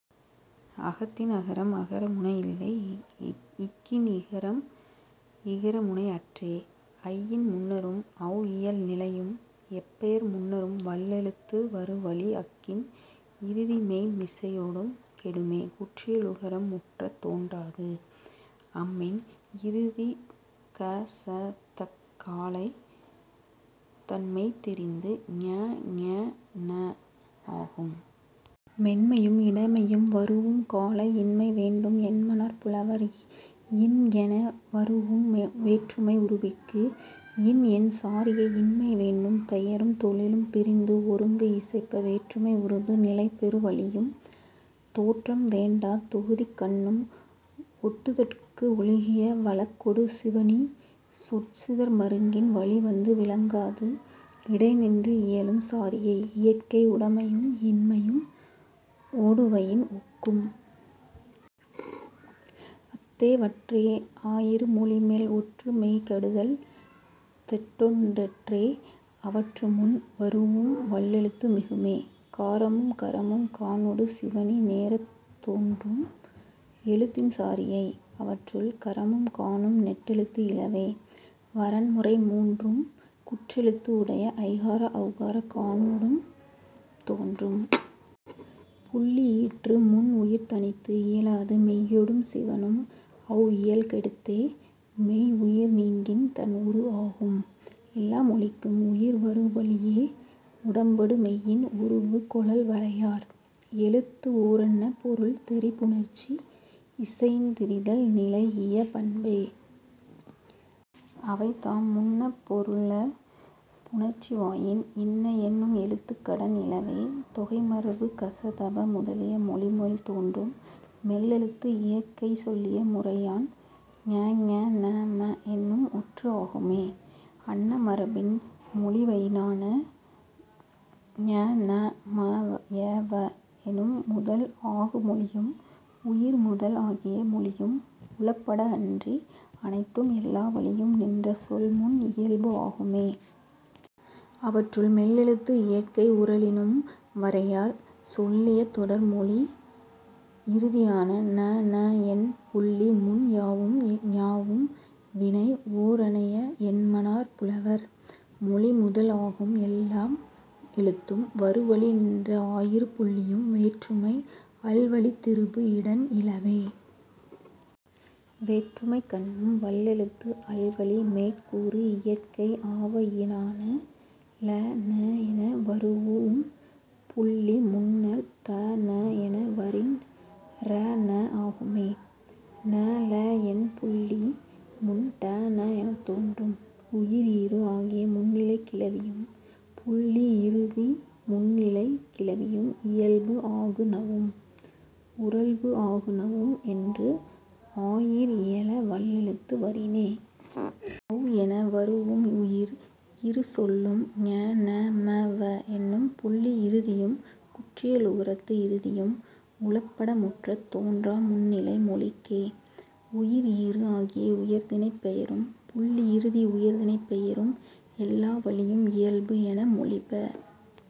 அத்தின் அகரம் அகர முனை இல்லை. இக்கின் இகரம் இகர முனை அற்றே. ஐயின் முன்னரும் அவ் இயல் நிலையும். எப் பெயர் முன்னரும் வல்லெழுத்து வரு வழி அக்கின் இறுதி மெய்ம் மிசையொடும் கெடுமே குற்றியலுகரம் முற்றத் தோன்றாது. அம்மின் இறுதி க ச தக் காலை தன் மெய் திரிந்து ங ஞ ந ஆகும். மென்மையும் இடைமையும் வரூஉம் காலை இன்மை வேண்டும் என்மனார் புலவர். இன் என வரூஉம் வேற்றுமை உருபிற்கு இன் என் சாரியை இன்மை வேண்டும். பெயரும் தொழிலும் பிரிந்து ஒருங்கு இசைப்ப வேற்றுமை உருபு நிலைபெறு வழியும் தோற்றம் வேண்டாத் தொகுதிக்கண்ணும் ஒட்டுதற்கு ஒழுகிய வழக்கொடு சிவணி சொற் சிதர் மருங்கின் வழி வந்து விளங்காது இடை நின்று இயலும் சாரியை இயற்கை உடைமையும் இன்மையும் ஒடுவயின் ஒக்கும். அத்தே வற்றே ஆயிரு மொழிமேல் ஒற்று மெய் கெடுதல் தெற்றென்றற்றே அவற்று முன் வரூஉம் வல்லெழுத்து மிகுமே. காரமும் கரமும் கானொடு சிவணி நேரத் தோன்றும் எழுத்தின் சாரியை. அவற்றுள், கரமும் கானும் நெட்டெழுத்து இலவே. வரன்முறை மூன்றும் குற்றெழுத்து உடைய. ஐகார ஔகாரம் கானொடும் தோன்றும். புள்ளி ஈற்று முன் உயிர் தனித்து இயலாது மெய்யொடும் சிவணும் அவ் இயல் கெடுத்தே. மெய் உயிர் நீங்கின் தன் உரு ஆகும். எல்லா மொழிக்கும் உயிர் வரு வழியே உடம்படுமெய்யின் உருபு கொளல் வரையார். எழுத்து ஓரன்ன பொருள் தெரி புணர்ச்சி இசையின் திரிதல் நிலைஇய பண்பே. அவைதாம், முன்னப் பொருள புணர்ச்சிவாயின் இன்ன என்னும் எழுத்துக் கடன் இலவே.. தொகைமரபு க ச த ப முதலிய மொழிமேல் தோன்றும் மெல்லெழுத்து இயற்கை சொல்லிய முறையான் ங ஞ ந ம என்னும் ஒற்று ஆகும்மே அன்ன மரபின் மொழிவயினான. ஞ ந ம ய வ எனும் முதல் ஆகு மொழியும் உயிர் முதல் ஆகிய மொழியும் உளப்பட அன்றி அனைத்தும் எல்லா வழியும் நின்ற சொல் முன் இயல்பு ஆகும்மே. அவற்றுள், மெல்லெழுத்து இயற்கை உறழினும் வரையார் சொல்லிய தொடர்மொழி இறுதியான. ண ன என் புள்ளி முன் யாவும் ஞாவும் வினை ஓரனைய என்மனார் புலவர். மொழி முதல் ஆகும் எல்லா எழுத்தும் வரு வழி நின்ற ஆயிரு புள்ளியும் வேற்றுமை அல் வழித் திரிபு இடன் இலவே. வேற்றுமைக்கண்ணும் வல்லெழுத்து அல் வழி மேற் கூறு இயற்கை ஆவயினான. ல ன என வரூஉம் புள்ளி முன்னர் த ந என வரின் ற ன ஆகும்மே. ண ள என் புள்ளி முன் ட ண எனத் தோன்றும். உயிர் ஈறு ஆகிய முன்னிலைக் கிளவியும் புள்ளி இறுதி முன்னிலைக் கிளவியும் இயல்பு ஆகுநவும் உறழ்பு ஆகுநவும் என்று ஆயீர் இயல வல்லெழுத்து வரினே. ஔ என வரூஉம் உயிர் இறு சொல்லும் ஞ ந ம வ என்னும் புள்ளி இறுதியும் குற்றியலுகரத்து இறுதியும் உளப்பட முற்றத் தோன்றா முன்னிலை மொழிக்கே. உயிர் ஈறு ஆகிய உயர்திணைப் பெயரும் புள்ளி இறுதி உயர்திணைப் பெயரும் எல்லா வழியும் இயல்பு என மொழிப.